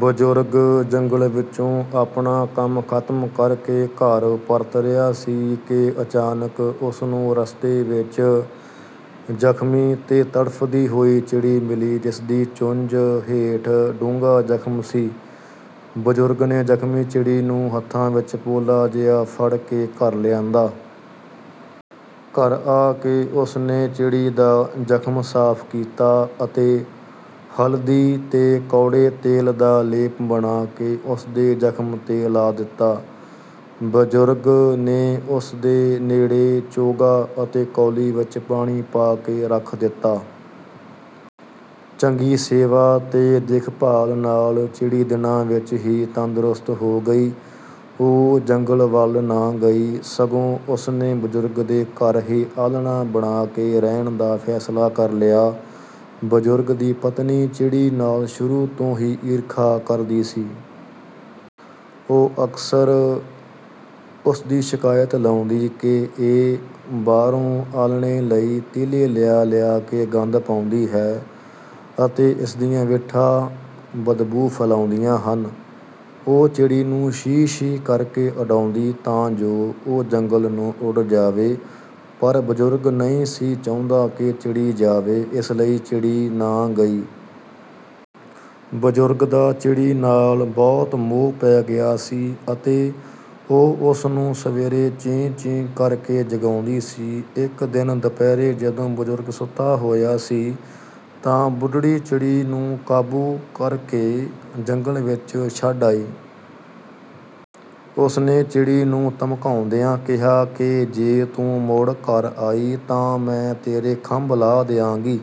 ਬਜ਼ੁਰਗ ਜੰਗਲ ਵਿੱਚੋਂ ਆਪਣਾ ਕੰਮ ਖ਼ਤਮ ਕਰ ਕੇ ਘਰ ਪਰਤ ਰਿਹਾ ਸੀ ਕਿ ਅਚਾਨਕ ਉਸ ਨੂੰ ਰਸਤੇ ਵਿੱਚ ਜ਼ਖ਼ਮੀ ਤੇ ਤੜਫਦੀ ਹੋਈ ਚਿੜੀ ਮਿਲੀ, ਜਿਸ ਦੀ ਚੁੰਝ ਹੇਠ ਡੂੰਘਾ ਜ਼ਖ਼ਮ ਸੀ। ਬਜ਼ੁਰਗ ਨੇ ਜ਼ਖ਼ਮੀ ਚਿੜੀ ਨੂੰ ਹੱਥਾਂ ਵਿੱਚ ਪੋਲਾ ਜਿਹਾ ਫੜ ਕੇ ਘਰ ਲਿਆਂਦਾ। ਘਰ ਆ ਕੇ ਉਸ ਨੇ ਚਿੜੀ ਦਾ ਜ਼ਖ਼ਮ ਸਾਫ਼ ਕੀਤਾ ਅਤੇ ਹਲਦੀ ਤੇ ਕੌੜੇ ਤੇਲ ਦਾ ਲੇਪ ਬਣਾ ਕੇ ਉਸ ਦੇ ਜ਼ਖ਼ਮ 'ਤੇ ਲਾ ਦਿੱਤਾ। ਬਜ਼ੁਰਗ ਨੇ ਉਸ ਦੇ ਨੇੜੇ ਚੋਗਾ ਅਤੇ ਕੌਲੀ ਵਿੱਚ ਪਾਣੀ ਪਾ ਕੇ ਰੱਖ ਦਿੱਤਾ। ਚੰਗੀ ਸੇਵਾ ਤੇ ਦੇਖ-ਭਾਲ ਨਾਲ ਚਿੜੀ ਦਿਨਾਂ ਵਿੱਚ ਹੀ ਤੰਦਰੁਸਤ ਹੋ ਗਈ। ਉਹ ਜੰਗਲ ਵੱਲ ਨਾ ਗਈ, ਸਗੋਂ ਉਸ ਨੇ ਬਜ਼ੁਰਗ ਦੇ ਘਰ ਹੀ ਆਲ੍ਹਣਾ ਬਣਾ ਕੇ ਰਹਿਣ ਦਾ ਫ਼ੈਸਲਾ ਕਰ ਲਿਆ। ਬਜ਼ੁਰਗ ਦੀ ਪਤਨੀ ਚਿੜੀ ਨਾਲ ਸ਼ੁਰੂ ਤੋਂ ਹੀ ਈਰਖ਼ਾ ਕਰਦੀ ਸੀ। ਉਹ ਅਕਸਰ ਉਸ ਦੀ ਸ਼ਿਕਾਇਤ ਲਾਉਂਦੀ ਕਿ ਇਹ ਬਾਹਰੋਂ ਆਲ੍ਹਣੇ ਲਈ ਤੀਲੇ ਲਿਆ-ਲਿਆ ਕੇ ਗੰਦ ਪਾਉਂਦੀ ਹੈ ਅਤੇ ਇਸ ਦੀਆਂ ਵਿੱਠਾਂ ਬਦਬੂ ਫੈਲਾਉਂਦੀਆਂ ਹਨ। ਉਹ ਚਿੜੀ ਨੂੰ 'ਸ਼ੀ-ਸ਼ੀ' ਕਰ ਕੇ ਉਡਾਉਂਦੀ ਤਾਂ ਜੋ ਉਹ ਜੰਗਲ ਨੂੰ ਉੱਡ ਜਾਵੇ, ਪਰ ਬਜ਼ੁਰਗ ਨਹੀਂ ਸੀ ਚਾਹੁੰਦਾ ਕਿ ਚਿੜੀ ਜਾਵੇ, ਇਸ ਲਈ ਚਿੜੀ ਨਾ ਗਈ। ਬਜ਼ੁਰਗ ਦਾ ਚਿੜੀ ਨਾਲ ਬਹੁਤ ਮੋਹ ਪੈ ਗਿਆ ਸੀ ਅਤੇ ਉਹ ਉਸ ਨੂੰ ਸਵੇਰੇ 'ਚੀਂ-ਚੀਂ' ਕਰ ਕੇ ਜਗਾਉਂਦੀ ਸੀ। ਇੱਕ ਦਿਨ ਦੁਪਹਿਰੇ ਜਦੋਂ ਬਜ਼ੁਰਗ ਸੁੱਤਾ ਹੋਇਆ ਸੀ, ਤਾਂ ਬੁੱਢੜੀ ਚਿੜੀ ਨੂੰ ਕਾਬੂ ਕਰ ਕੇ ਜੰਗਲ ਵਿੱਚ ਛੱਡ ਆਈ। ਉਸ ਨੇ ਚਿੜੀ ਨੂੰ ਧਮਕਾਉਂਦਿਆਂ ਕਿਹਾ ਕਿ ਜੇ ਤੂੰ ਮੁੜ ਘਰ ਆਈ ਤਾਂ ਮੈਂ ਤੇਰੇ ਖੰਭ ਲਾਹ ਦਿਆਂਗੀ।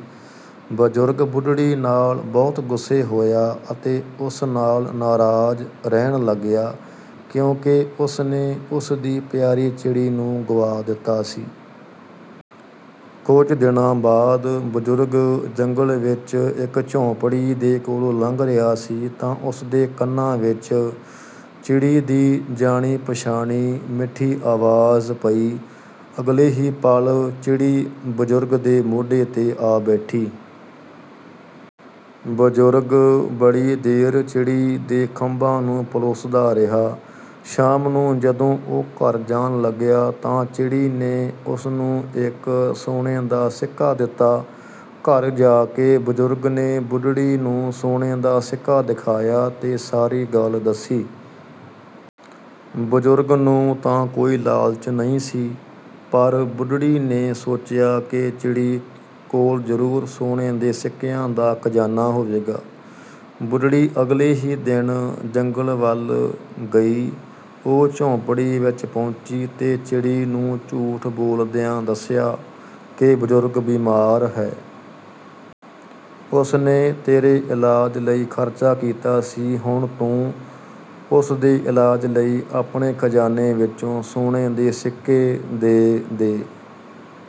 ਬਜ਼ੁਰਗ ਬੁੱਢੜੀ ਨਾਲ ਬਹੁਤ ਗੁੱਸੇ ਹੋਇਆ ਅਤੇ ਉਸ ਨਾਲ ਨਾਰਾਜ਼ ਰਹਿਣ ਲੱਗਿਆ, ਕਿਉਂਕਿ ਉਸ ਨੇ ਉਸ ਦੀ ਪਿਆਰੀ ਚਿੜੀ ਨੂੰ ਗੁਆ ਦਿੱਤਾ ਸੀ। ਕੁਝ ਦਿਨਾਂ ਬਾਅਦ, ਬਜ਼ੁਰਗ ਜੰਗਲ ਵਿੱਚ ਇੱਕ ਝੌਂਪੜੀ ਦੇ ਕੋਲੋਂ ਲੰਘ ਰਿਹਾ ਸੀ ਤਾਂ ਉਸ ਦੇ ਕੰਨਾਂ ਵਿੱਚ ਚਿੜੀ ਦੀ ਜਾਣੀ-ਪਛਾਣੀ ਮਿੱਠੀ ਆਵਾਜ਼ ਪਈ। ਅਗਲੇ ਹੀ ਪਲ਼ ਚਿੜੀ ਬਜ਼ੁਰਗ ਦੇ ਮੋਢੇ 'ਤੇ ਆ ਬੈਠੀ। ਬਜ਼ੁਰਗ ਬੜੀ ਦੇਰ ਚਿੜੀ ਦੇ ਖੰਭਾਂ ਨੂੰ ਪਲੋਸਦਾ ਰਿਹਾ। ਸ਼ਾਮ ਨੂੰ ਜਦੋਂ ਉਹ ਘਰ ਜਾਣ ਲੱਗਿਆ ਤਾਂ ਚਿੜੀ ਨੇ ਉਸ ਨੂੰ ਇੱਕ ਸੋਨੇ ਦਾ ਸਿੱਕਾ ਦਿੱਤਾ। ਘਰ ਜਾ ਕੇ ਬਜ਼ੁਰਗ ਨੇ ਬੁੱਢੜੀ ਨੂੰ ਸੋਨੇ ਦਾ ਸਿੱਕਾ ਦਿਖਾਇਆ ਤੇ ਸਾਰੀ ਗੱਲ ਦੱਸੀ। ਬਜ਼ੁਰਗ ਨੂੰ ਤਾਂ ਕੋਈ ਲਾਲਚ ਨਹੀਂ ਸੀ, ਪਰ ਬੁੱਢੜੀ ਨੇ ਸੋਚਿਆ ਕਿ ਚਿੜੀ ਕੋਲ ਜ਼ਰੂਰ ਸੋਨੇ ਦੇ ਸਿੱਕਿਆਂ ਦਾ ਖ਼ਜ਼ਾਨਾ ਹੋਵੇਗਾ। ਬੁੱਢੜੀ ਅਗਲੇ ਹੀ ਦਿਨ ਜੰਗਲ ਵੱਲ ਗਈ। ਉਹ ਝੌਂਪੜੀ ਵਿੱਚ ਪਹੁੰਚੀ ਤੇ ਚਿੜੀ ਨੂੰ ਝੂਠ ਬੋਲਦਿਆਂ ਦੱਸਿਆ ਕਿ ਬਜ਼ੁਰਗ ਬੀਮਾਰ ਹੈ। ਉਸ ਨੇ ਤੇਰੇ ਇਲਾਜ ਲਈ ਖ਼ਰਚਾ ਕੀਤਾ ਸੀ, ਹੁਣ ਤੂੰ ਉਸ ਦੇ ਇਲਾਜ ਲਈ ਆਪਣੇ ਖ਼ਜ਼ਾਨੇ ਵਿੱਚੋਂ ਸੋਨੇ ਦੇ ਸਿੱਕੇ ਦੇ ਦੇ।